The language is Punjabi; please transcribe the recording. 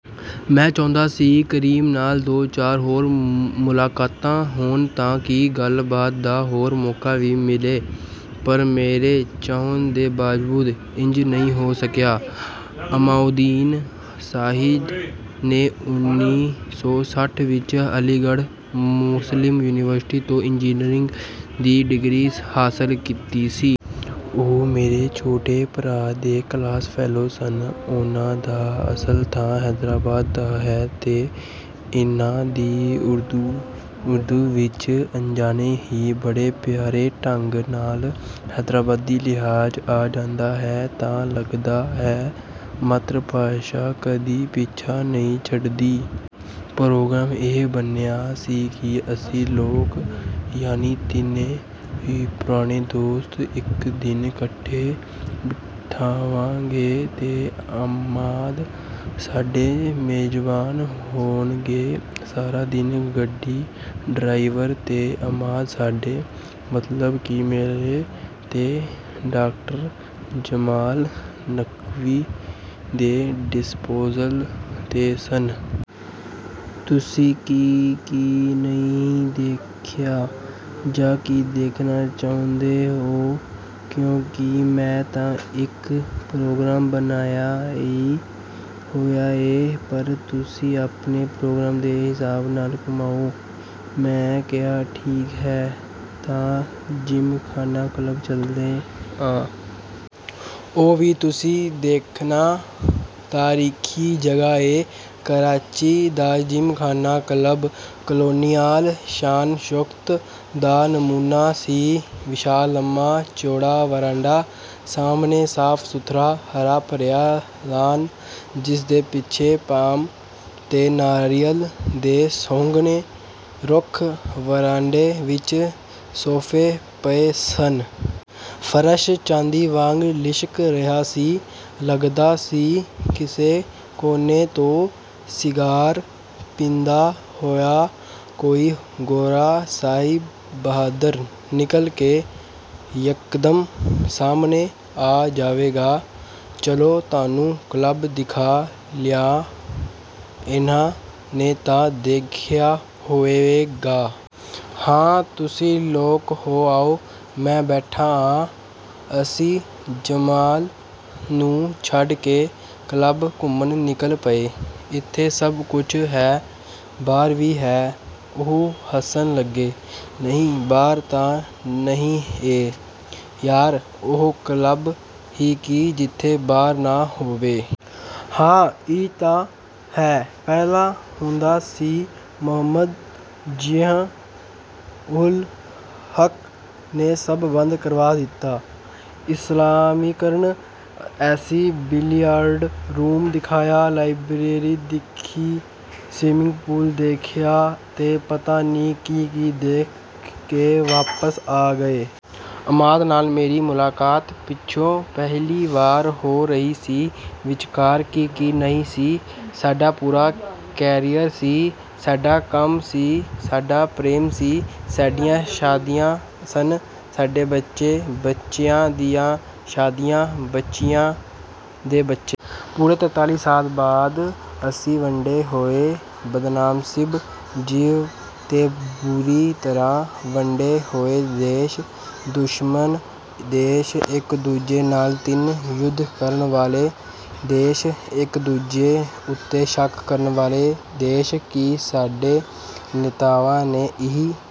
ਮੈਂ ਚਾਹੁੰਦਾ ਸੀ ਕਰੀਮ ਨਾਲ ਦੋ-ਚਾਰ ਹੋਰ ਮੁਲਾਕਾਤਾਂ ਹੋਣ, ਤਾਂ ਕਿ ਗੱਲਬਾਤ ਦਾ ਹੋਰ ਮੌਕਾ ਵੀ ਮਿਲੇ। ਪਰ ਮੇਰੇ ਚਾਹੁਣ ਦੇ ਬਾਵਜੂਦ ਇੰਜ ਨਹੀਂ ਹੋ ਸਕਿਆ। ਅਮਾਦਉੱਦੀਨ ਸਈਦ ਨੇ ਉੱਨੀ ਸੌ ਸੱਠ ਵਿੱਚ ਅਲੀਗੜ੍ਹ ਮੁਸਲਿਮ ਯੂਨੀਵਰਸਿਟੀ ਤੋਂ ਇੰਜੀਨੀਅਰਿੰਗ ਦੀ ਡਿਗਰੀ ਹਾਸਲ ਕੀਤੀ ਸੀ। ਉਹ ਮੇਰੇ ਛੋਟੇ ਭਰਾ ਦੇ ਕਲਾਸ-ਫੈਲੋ ਸਨ। ਉਹਨਾਂ ਦਾ ਅਸਲ ਥਾਂ ਹੈਦਰਾਬਾਦ ਦਾ ਹੈ ਤੇ ਇਹਨਾਂ ਦੀ ਉਰਦੂ ਵਿੱਚ ਅਣਜਾਣੇ ਹੀ, ਬੜੇ ਪਿਆਰੇ ਢੰਗ ਨਾਲ, ਹੈਦਰਾਬਾਦੀ ਲਹਿਜ਼ਾ ਆ ਜਾਂਦਾ ਹੈ, ਤਾਂ ਲੱਗਦਾ ਹੈ ਮਾਤ੍ਰਭਾਸ਼ਾ ਕਦੀ ਪਿੱਛਾ ਨਹੀਂ ਛੱਡਦੀ। ਪ੍ਰੋਗਰਾਮ ਇਹ ਬਣਿਆ ਸੀ ਕਿ ਅਸੀਂ ਲੋਕ, ਯਾਨੀ ਤਿੰਨੇ ਪੁਰਾਣੇ ਦੋਸਤ, ਇੱਕ ਦਿਨ ਇਕੱਠੇ ਬਿਤਾਵਾਂਗੇ ਤੇ ਅਮਾਦ ਸਾਡੇ ਮੇਜ਼ਬਾਨ ਹੋਣਗੇ। ਸਾਰਾ ਦਿਨ ਗੱਡੀ, ਡਰਾਈਵਰ ਤੇ ਅਮਾਦ ਸਾਡੇ, ਮਤਲਬ ਕਿ ਮੇਰੇ ਤੇ ਡਾ. ਜਮਾਲ ਨਕਵੀ ਦੇ, 'ਡਿਸਪੋਜ਼ਲ' 'ਤੇ ਸਨ। "ਤੁਸੀਂ ਕੀ-ਕੀ ਨਹੀਂ ਦੇਖਿਆ? ਜਾਂ ਕੀ ਦੇਖਣਾ ਚਾਹੁੰਦੇ ਓ? ਕਿਉਂਕਿ ਮੈਂ ਤਾਂ ਇੱਕ ਪ੍ਰੋਗਰਾਮ ਬਣਾਇਆ ਈ ਹੋਇਆ ਏ, ਪਰ...।" "ਤੁਸੀਂ ਆਪਣੇ ਪ੍ਰੋਗਰਾਮ ਦੇ ਹਿਸਾਬ ਨਾਲ ਘੁਮਾਓ...।" ਮੈਂ ਕਿਹਾ - ਠੀਕ ਐ, ਤਾਂ ਜ਼ਿਮਖ਼ਾਨਾ ਕਲੱਬ ਚਲਦੇ ਆਂ। ਉਹ ਵੀ ਤੁਸੀਂ ਦੇਖਣਾ... ਤਾਰੀਖ਼ੀ ਜਗ੍ਹਾ ਏ।" ਕਰਾਚੀ ਦਾ ਜ਼ਿਮਖ਼ਾਨਾ ਕਲੱਬ 'ਕਾਲੋਨੀਅਲ' ਸ਼ਾਨ-ਸ਼ੌਕਤ ਦਾ ਨਮੂਨਾ ਸੀ। ਵਿਸ਼ਾਲ, ਲੰਮਾ-ਚੌੜਾ ਵਰਾਂਡਾ... ਸਾਹਮਣੇ ਸਾਫ਼-ਸੁਥਰਾ, ਹਰਾ-ਭਰਿਆ ਲਾਨ, ਜਿਸਦੇ ਪਿੱਛੇ ਪਾਮ ਤੇ ਨਾਰੀਅਲ ਦੇ ਸੰਘਣੇ ਰੁੱਖ... ਵਰਾਂਡੇ ਵਿੱਚ ਸੋਫ਼ੇ ਪਏ ਸਨ... ਫ਼ਰਸ਼ ਚਾਂਦੀ ਵਾਂਗ ਲਿਸ਼ਕ ਰਿਹਾ ਸੀ। ਲੱਗਦਾ ਸੀ, ਕਿਸੇ ਕੋਨੇ ਤੋਂ ਸਿਗਾਰ ਪੀਂਦਾ ਹੋਇਆ ਕੋਈ ਗੋਰਾ ਸਾਹਿਬ ਬਹਾਦਰ ਨਿਕਲ ਕੇ ਯਕਦਮ ਸਾਹਮਣੇ ਆ ਜਾਵੇਗਾ...। "ਚਲੋ, ਤੁਹਾਨੂੰ ਕਲੱਬ ਦਿਖਾ ਲਿਆਂ... ਇਹਨਾਂ ਨੇ ਤਾਂ ਦੇਖਿਆ ਹੋਵੇਗਾ।" "ਹਾਂ, ਤੁਸੀਂ ਲੋਕ ਹੋ ਆਓ, ਮੈਂ ਬੈਠਾ ਆਂ।" ਅਸੀਂ ਜਮਾਲ ਨੂੰ ਛੱਡ ਕੇ ਕਲੱਬ ਘੁੰਮਣ ਨਿਕਲ ਪਏ। "ਇੱਥੇ ਸਭ ਕੁਝ ਹੈ...।" "ਬਾਰ ਵੀ ਹੈ?" ਉਹ ਹੱਸਣ ਲੱਗੇ। "ਨਹੀਂ, ਬਾਰ ਤਾਂ ਨਹੀਂ ਏ।" "ਯਾਰ, ਉਹ ਕਲੱਬ ਹੀ ਕੀ ਜਿੱਥੇ ਬਾਰ ਨਾ ਹੋਵੇ।" "ਹਾਂ, ਇਹ ਤਾਂ ਹੈ... ਪਹਿਲਾਂ ਹੁੰਦਾ ਸੀ... ਮੁਹੰਮਦ ਜ਼ਿਆ-ਉਲ-ਹੱਕ ਨੇ ਸਭ ਬੰਦ ਕਰਵਾ ਦਿੱਤਾ... ਇਸਲਾਮੀਕਰਨ।" ਅਸੀਂ ਬਿਲੀਅਰਡ ਰੂਮ ਦੇਖਿਆ, ਲਾਇਬ੍ਰੇਰੀ ਦੇਖੀ, ਸਵਿਮਿੰਗ ਪੂਲ ਦੇਖਿਆ ਤੇ ਪਤਾ ਨਹੀਂ ਕੀ-ਕੀ ਦੇਖ ਕੇ ਵਾਪਸ ਆ ਗਏ। ਅਮਾਦ ਨਾਲ ਮੇਰੀ ਮੁਲਾਕਾਤ ਪਿੱਛੋਂ ਪਹਿਲੀ ਵਾਰ ਹੋ ਰਹੀ ਸੀ। ਵਿਚਕਾਰ ਕੀ-ਕੀ ਨਹੀਂ ਸੀ। ਸਾਡਾ ਪੂਰਾ ਕੈਰੀਅਰ ਸੀ। ਸਾਡਾ ਕੰਮ ਸੀ... ਸਾਡਾ ਪ੍ਰੇਮ ਸੀ... ਸਾਡੀਆਂ ਸ਼ਾਦੀਆਂ ਸਨ... ਸਾਡੇ ਬੱਚੇ... ਬੱਚਿਆਂ ਦੀਆਂ ਸ਼ਾਦੀਆਂ... ਬੱਚਿਆਂ ਦੇ ਬੱਚੇ... ਪੂਰੇ ਤਰਤਾਲੀ ਸਾਲ ਬਾਅਦ... ਅਸੀਂ ਵੰਡੇ ਹੋਏ ਬਦਨਸੀਬ ਜੀਵ ਤੇ ਬੁਰੀ ਤਰ੍ਹਾਂ ਵੰਡੇ ਹੋਏ ਦੇਸ਼। ਦੁਸ਼ਮਣ ਦੇਸ਼। ਇੱਕ-ਦੂਜੇ ਨਾਲ ਤਿੰਨ ਯੁੱਧ ਕਰਨ ਵਾਲੇ ਦੇਸ਼... ਇੱਕ-ਦੂਜੇ ਉੱਤੇ ਸ਼ੱਕ ਕਰਨ ਵਾਲੇ ਦੇਸ਼... ਕੀ ਸਾਡੇ ਨੇਤਾਵਾਂ ਨੇ ਇਹੀ...